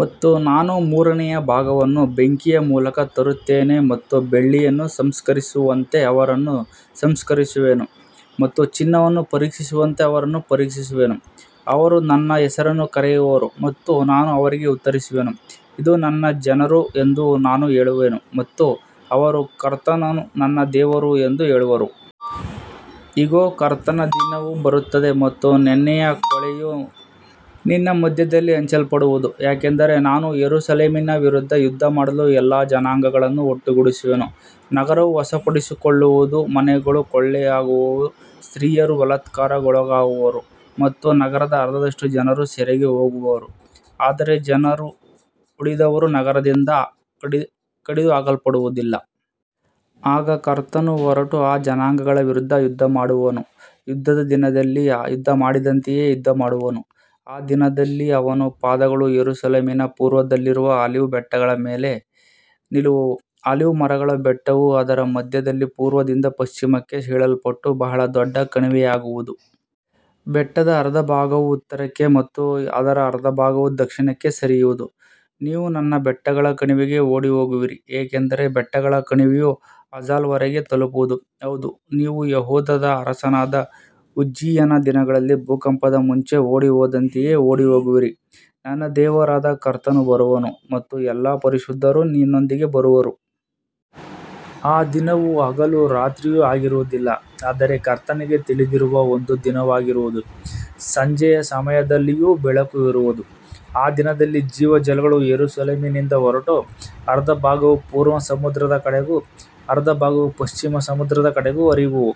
ಮತ್ತು ನಾನು ಮೂರನೆಯ ಭಾಗವನ್ನು ಬೆಂಕಿಯ ಮೂಲಕ ತರುತ್ತೇನೆ ಮತ್ತು ಬೆಳ್ಳಿಯನ್ನು ಸಂಸ್ಕರಿಸುವಂತೆ ಅವರನ್ನು ಸಂಸ್ಕರಿಸುವೆನು ಮತ್ತು ಚಿನ್ನವನ್ನು ಪರೀಕ್ಷಿಸುವಂತೆ ಅವರನ್ನು ಪರೀಕ್ಷಿಸುವೆನು. ಅವರು ನನ್ನ ಹೆಸರನ್ನು ಕರೆಯುವರು ಮತ್ತು ನಾನು ಅವರಿಗೆ ಉತ್ತರಿಸುವೆನು. ಇದು ನನ್ನ ಜನರು ಎಂದು ನಾನು ಹೇಳುವೆನು ಮತ್ತು ಅವರು ಕರ್ತನು ನನ್ನ ದೇವರು ಎಂದು ಹೇಳುವರು. ಇಗೋ, ಕರ್ತನ ದಿನವು ಬರುತ್ತದೆ ಮತ್ತು ನಿನ್ನ ಕೊಳ್ಳೆಯು ನಿನ್ನ ಮಧ್ಯದಲ್ಲಿ ಹಂಚಲ್ಪಡುವುದು. ಯಾಕಂದರೆ ನಾನು ಯೆರೂಸಲೇಮಿನ ವಿರುದ್ಧ ಯುದ್ಧಮಾಡಲು ಎಲ್ಲಾ ಜನಾಂಗಗಳನ್ನು ಒಟ್ಟುಗೂಡಿಸುವೆನು. ನಗರವು ವಶಪಡಿಸಿಕೊಳ್ಳಲ್ಪಡುವುದು, ಮನೆಗಳು ಕೊಳ್ಳೆಯಾಗುವವು, ಸ್ತ್ರೀಯರು ಬಲಾತ್ಕಾರಕ್ಕೊಳಗಾಗುವರು ಮತ್ತು ನಗರದ ಅರ್ಧದಷ್ಟು ಜನರು ಸೆರೆಗೆ ಹೋಗುವರು. ಆದರೆ ಜನರ ಉಳಿದವರು ನಗರದಿಂದ ಕಡಿದುಹಾಕಲ್ಪಡುವುದಿಲ್ಲ. ಆಗ ಕರ್ತನು ಹೊರಟು ಆ ಜನಾಂಗಗಳ ವಿರುದ್ಧ ಯುದ್ಧಮಾಡುವನು, ಯುದ್ಧದ ದಿನದಲ್ಲಿ ಯುದ್ಧಮಾಡಿದಂತೆಯೇ ಯುದ್ಧಮಾಡುವನು. ಆ ದಿನದಲ್ಲಿ ಅವನ ಪಾದಗಳು ಯೆರೂಸಲೇಮಿನ ಪೂರ್ವದಲ್ಲಿರುವ ಆಲಿವ್ ಮರಗಳ ಬೆಟ್ಟದ ಮೇಲೆ ನಿಲ್ಲುವವು. ಆಲಿವ್ ಮರಗಳ ಬೆಟ್ಟವು ಅದರ ಮಧ್ಯದಲ್ಲಿ ಪೂರ್ವದಿಂದ ಪಶ್ಚಿಮಕ್ಕೆ ಸೀಳಲ್ಪಟ್ಟು ಬಹಳ ದೊಡ್ಡ ಕಣಿವೆಯಾಗುವುದು. ಬೆಟ್ಟದ ಅರ್ಧ ಭಾಗವು ಉತ್ತರಕ್ಕೆ ಮತ್ತು ಅದರ ಅರ್ಧ ಭಾಗವು ದಕ್ಷಿಣಕ್ಕೆ ಸರಿಯುವುದು. ನೀವು ನನ್ನ ಬೆಟ್ಟಗಳ ಕಣಿವೆಗೆ ಓಡಿಹೋಗುವಿರಿ, ಏಕೆಂದರೆ ಬೆಟ್ಟಗಳ ಕಣಿವೆಯು ಅಜಾಲ್ ವರೆಗೆ ತಲುಪುವುದು. ಹೌದು, ನೀವು ಯೆಹೂದದ ಅರಸನಾದ ಉಜ್ಜೀಯನ ದಿನಗಳಲ್ಲಿ ಭೂಕಂಪದ ಮುಂಚೆ ಓಡಿಹೋದಂತೆಯೇ ಓಡಿಹೋಗುವಿರಿ. ನನ್ನ ದೇವರಾದ ಕರ್ತನು ಬರುವನು ಮತ್ತು ಎಲ್ಲಾ ಪರಿಶುದ್ಧರೂ ನಿನ್ನೊಂದಿಗೆ ಬರುವರು. ಆ ದಿನವು ಹಗಲೂ ರಾತ್ರಿಯೂ ಆಗಿರುವುದಿಲ್ಲ, ಆದರೆ ಕರ್ತನಿಗೆ ತಿಳಿದಿರುವ ಒಂದು ದಿನವಾಗಿರುವುದು. ಸಂಜೆಯ ಸಮಯದಲ್ಲಿಯೂ ಬೆಳಕು ಇರುವದು. ಆ ದಿನದಲ್ಲಿ ಜೀವಜಲಗಳು ಯೆರೂಸಲೇಮಿನಿಂದ ಹೊರಟು, ಅರ್ಧ ಭಾಗವು ಪೂರ್ವ ಸಮುದ್ರದ ಕಡೆಗೂ ಅರ್ಧ ಭಾಗವು ಪಶ್ಚಿಮ ಸಮುದ್ರದ ಕಡೆಗೂ ಹರಿಯುವವು.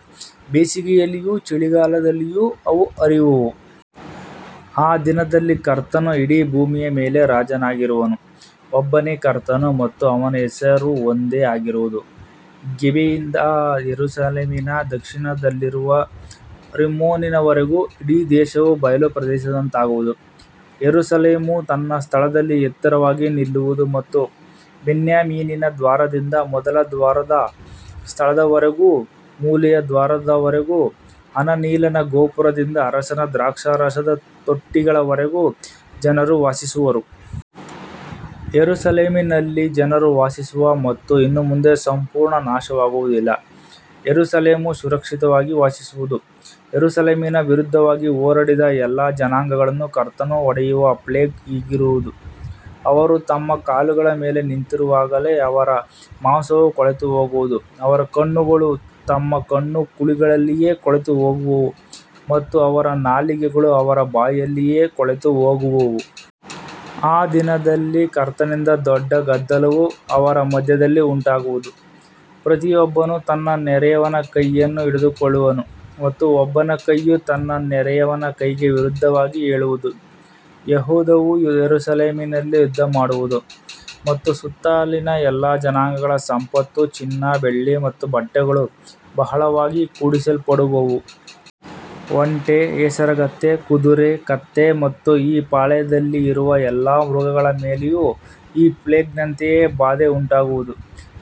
ಬೇಸಿಗೆಯಲ್ಲಿಯೂ ಚಳಿಗಾಲದಲ್ಲಿಯೂ ಅವು ಹರಿಯುವವು. ಆ ದಿನದಲ್ಲಿ ಕರ್ತನು ಇಡೀ ಭೂಮಿಯ ಮೇಲೆ ರಾಜನಾಗಿರುವನು. ಒಬ್ಬನೇ ಕರ್ತನು ಮತ್ತು ಅವನ ಹೆಸರು ಒಂದೇ ಆಗಿರುವುದು. ಗೆಬದಿಂದ ಯೆರೂಸಲೇಮಿನ ದಕ್ಷಿಣದಲ್ಲಿರುವ ರಿಮ್ಮೋನಿನವರೆಗೆ ಇಡೀ ದೇಶವು ಬಯಲು ಪ್ರದೇಶದಂತಾಗುವುದು. ಯೆರೂಸಲೇಮು ತನ್ನ ಸ್ಥಳದಲ್ಲಿ ಎತ್ತರವಾಗಿ ನಿಲ್ಲುವುದು ಮತ್ತು ಬೆನ್ಯಾಮೀನಿನ ದ್ವಾರದಿಂದ ಮೊದಲ ದ್ವಾರದ ಸ್ಥಳದವರೆಗೂ, ಮೂಲೆಯ ದ್ವಾರದವರೆಗೂ, ಹನನೀಲನ ಗೋಪುರದಿಂದ ಅರಸನ ದ್ರಾಕ್ಷಾರಸದ ತೊಟ್ಟಿಗಳವರೆಗೂ ಜನರು ವಾಸಿಸುವರು. ಯೆರೂಸಲೇಮಿನಲ್ಲಿ ಜನರು ವಾಸಿಸುವರು ಮತ್ತು ಇನ್ನು ಮುಂದೆ ಸಂಪೂರ್ಣ ನಾಶವಾಗುವುದಿಲ್ಲ. ಯೆರೂಸಲೇಮು ಸುರಕ್ಷಿತವಾಗಿ ವಾಸಿಸುವುದು. ಯೆರೂಸಲೇಮಿನ ವಿರುದ್ಧವಾಗಿ ಹೋರಾಡಿದ ಎಲ್ಲಾ ಜನಾಂಗಗಳನ್ನು ಕರ್ತನು ಹೊಡೆಯುವ ಪ್ಲೇಗ್ ಹೀಗಿರುವುದು. ಅವರು ತಮ್ಮ ಕಾಲುಗಳ ಮೇಲೆ ನಿಂತಿರುವಾಗಲೇ ಅವರ ಮಾಂಸವು ಕೊಳೆತುಹೋಗುವುದು, ಅವರ ಕಣ್ಣುಗಳು ತಮ್ಮ ಕಣ್ಣುಕುಳಿಗಳಲ್ಲಿಯೇ ಕೊಳೆತುಹೋಗುವವು ಮತ್ತು ಅವರ ನಾಲಿಗೆಗಳು ಅವರ ಬಾಯಿಯಲ್ಲಿಯೇ ಕೊಳೆತುಹೋಗುವವು. ಆ ದಿನದಲ್ಲಿ ಕರ್ತನಿಂದ ದೊಡ್ಡ ಗದ್ದಲವು ಅವರ ಮಧ್ಯದಲ್ಲಿ ಉಂಟಾಗುವುದು. ಪ್ರತಿಯೊಬ್ಬನು ತನ್ನ ನೆರೆಯವನ ಕೈಯನ್ನು ಹಿಡಿದುಕೊಳ್ಳುವನು ಮತ್ತು ಒಬ್ಬನ ಕೈಯು ತನ್ನ ನೆರೆಯವನ ಕೈಗೆ ವಿರುದ್ಧವಾಗಿ ಏಳುವುದು. ಯೆಹೂದವೂ ಯೆರೂಸಲೇಮಿನಲ್ಲಿ ಯುದ್ಧಮಾಡುವುದು ಮತ್ತು ಸುತ್ತಲಿನ ಎಲ್ಲಾ ಜನಾಂಗಗಳ ಸಂಪತ್ತು, ಚಿನ್ನ, ಬೆಳ್ಳಿ ಮತ್ತು ಬಟ್ಟೆಗಳು ಬಹಳವಾಗಿ ಕೂಡಿಸಲ್ಪಡುವವು. ಒಂಟೆ, ಹೇಸರಗತ್ತೆ, ಕುದುರೆ, ಕತ್ತೆ ಮತ್ತು ಈ ಪಾಳೆಯಗಳಲ್ಲಿ ಇರುವ ಎಲ್ಲಾ ಮೃಗಗಳ ಮೇಲೆಯೂ ಈ ಪ್ಲೇಗ್‌ನಂತೆಯೇ ಬಾಧೆ ಉಂಟಾಗುವುದು.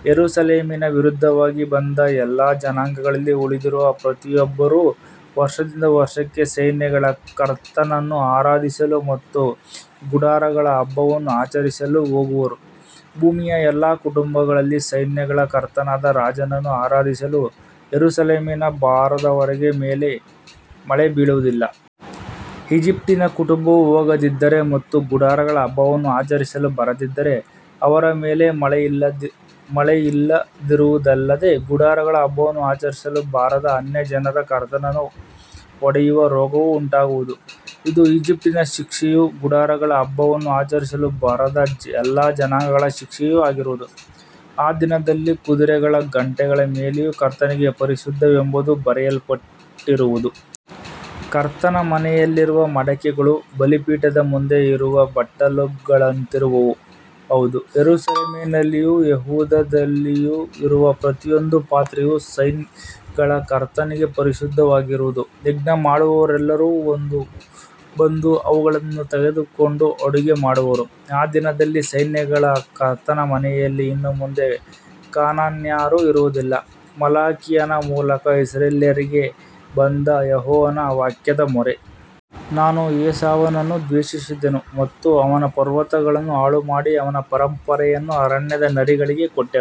ಯೆರೂಸಲೇಮಿನ ವಿರುದ್ಧವಾಗಿ ಬಂದ ಎಲ್ಲಾ ಜನಾಂಗಗಳಲ್ಲಿ ಉಳಿದಿರುವ ಪ್ರತಿಯೊಬ್ಬರೂ ವರ್ಷದಿಂದ ವರ್ಷಕ್ಕೆ ಸೈನ್ಯಗಳ ಕರ್ತನನ್ನು ಆರಾಧಿಸಲು ಮತ್ತು ಗುಡಾರಗಳ ಹಬ್ಬವನ್ನು ಆಚರಿಸಲು ಹೋಗುವರು. ಭೂಮಿಯ ಎಲ್ಲಾ ಕುಟುಂಬಗಳಲ್ಲಿ ಸೈನ್ಯಗಳ ಕರ್ತನಾದ ರಾಜನನ್ನು ಆರಾಧಿಸಲು ಯೆರೂಸಲೇಮಿಗೆ ಬಾರದವರ ಮೇಲೆ ಮಳೆ ಬೀಳುವುದಿಲ್ಲ. ಈಜಿಪ್ಟಿನ ಕುಟುಂಬವು ಹೋಗದಿದ್ದರೆ ಮತ್ತು ಗುಡಾರಗಳ ಹಬ್ಬವನ್ನು ಆಚರಿಸಲು ಬರದಿದ್ದರೆ, ಅವರ ಮೇಲೆ ಮಳೆಯಿಲ್ಲದಿರುವುದಲ್ಲದೆ, ಗುಡಾರಗಳ ಹಬ್ಬವನ್ನು ಆಚರಿಸಲು ಬರದ ಅನ್ಯಜನರನ್ನು ಕರ್ತನು ಹೊಡೆಯುವ ರೋಗವೂ ಉಂಟಾಗುವುದು. ಇದು ಈಜಿಪ್ಟಿನ ಶಿಕ್ಷೆಯೂ ಗುಡಾರಗಳ ಹಬ್ಬವನ್ನು ಆಚರಿಸಲು ಬರದ ಎಲ್ಲಾ ಜನಾಂಗಗಳ ಶಿಕ್ಷೆಯೂ ಆಗಿರುವುದು. ಆ ದಿನದಲ್ಲಿ ಕುದುರೆಗಳ ಗಂಟೆಗಳ ಮೇಲೆಯೂ ಕರ್ತನಿಗೆ ಪರಿಶುದ್ಧವೆಂಬುದು ಬರೆಯಲ್ಪಟ್ಟಿರುವುದು. ಕರ್ತನ ಮನೆಯಲ್ಲಿರುವ ಮಡಕೆಗಳು ಬಲಿಪೀಠದ ಮುಂದೆ ಇರುವ ಬಟ್ಟಲುಗಳಂತಿರುವವು. ಹೌದು, ಯೆರೂಸಲೇಮಿನಲ್ಲಿಯೂ ಯೆಹೂದದಲ್ಲಿಯೂ ಇರುವ ಪ್ರತಿಯೊಂದು ಪಾತ್ರೆಯೂ ಸೈನ್ಯಗಳ ಕರ್ತನಿಗೆ ಪರಿಶುದ್ಧವಾಗಿರುವುದು. ಯಜ್ಞಮಾಡುವವರೆಲ್ಲರೂ ಬಂದು ಅವುಗಳಲ್ಲಿ ತೆಗೆದುಕೊಂಡು ಅಡುಗೆ ಮಾಡುವರು. ಆ ದಿನದಲ್ಲಿ ಸೈನ್ಯಗಳ ಕರ್ತನ ಮನೆಯಲ್ಲಿ ಇನ್ನು ಮುಂದೆ ಕಾನಾನ್ಯರು ಇರುವುದಿಲ್ಲ. ಮಲಾಕಿಯನ ಮೂಲಕ ಇಸ್ರಾಯೇಲ್ಯರಿಗೆ ಬಂದ ಯೆಹೋವನ ವಾಕ್ಯದ ಹೊರೆ. ನಾನು ಏಸಾವನನ್ನು ದ್ವೇಷಿಸಿದೆನು ಮತ್ತು ಅವನ ಪರ್ವತಗಳನ್ನು ಹಾಳುಮಾಡಿ ಅವನ ಪರಂಪರೆಯನ್ನು ಅರಣ್ಯದ ನರಿಗಳಿಗೆ ಕೊಟ್ಟೆನು.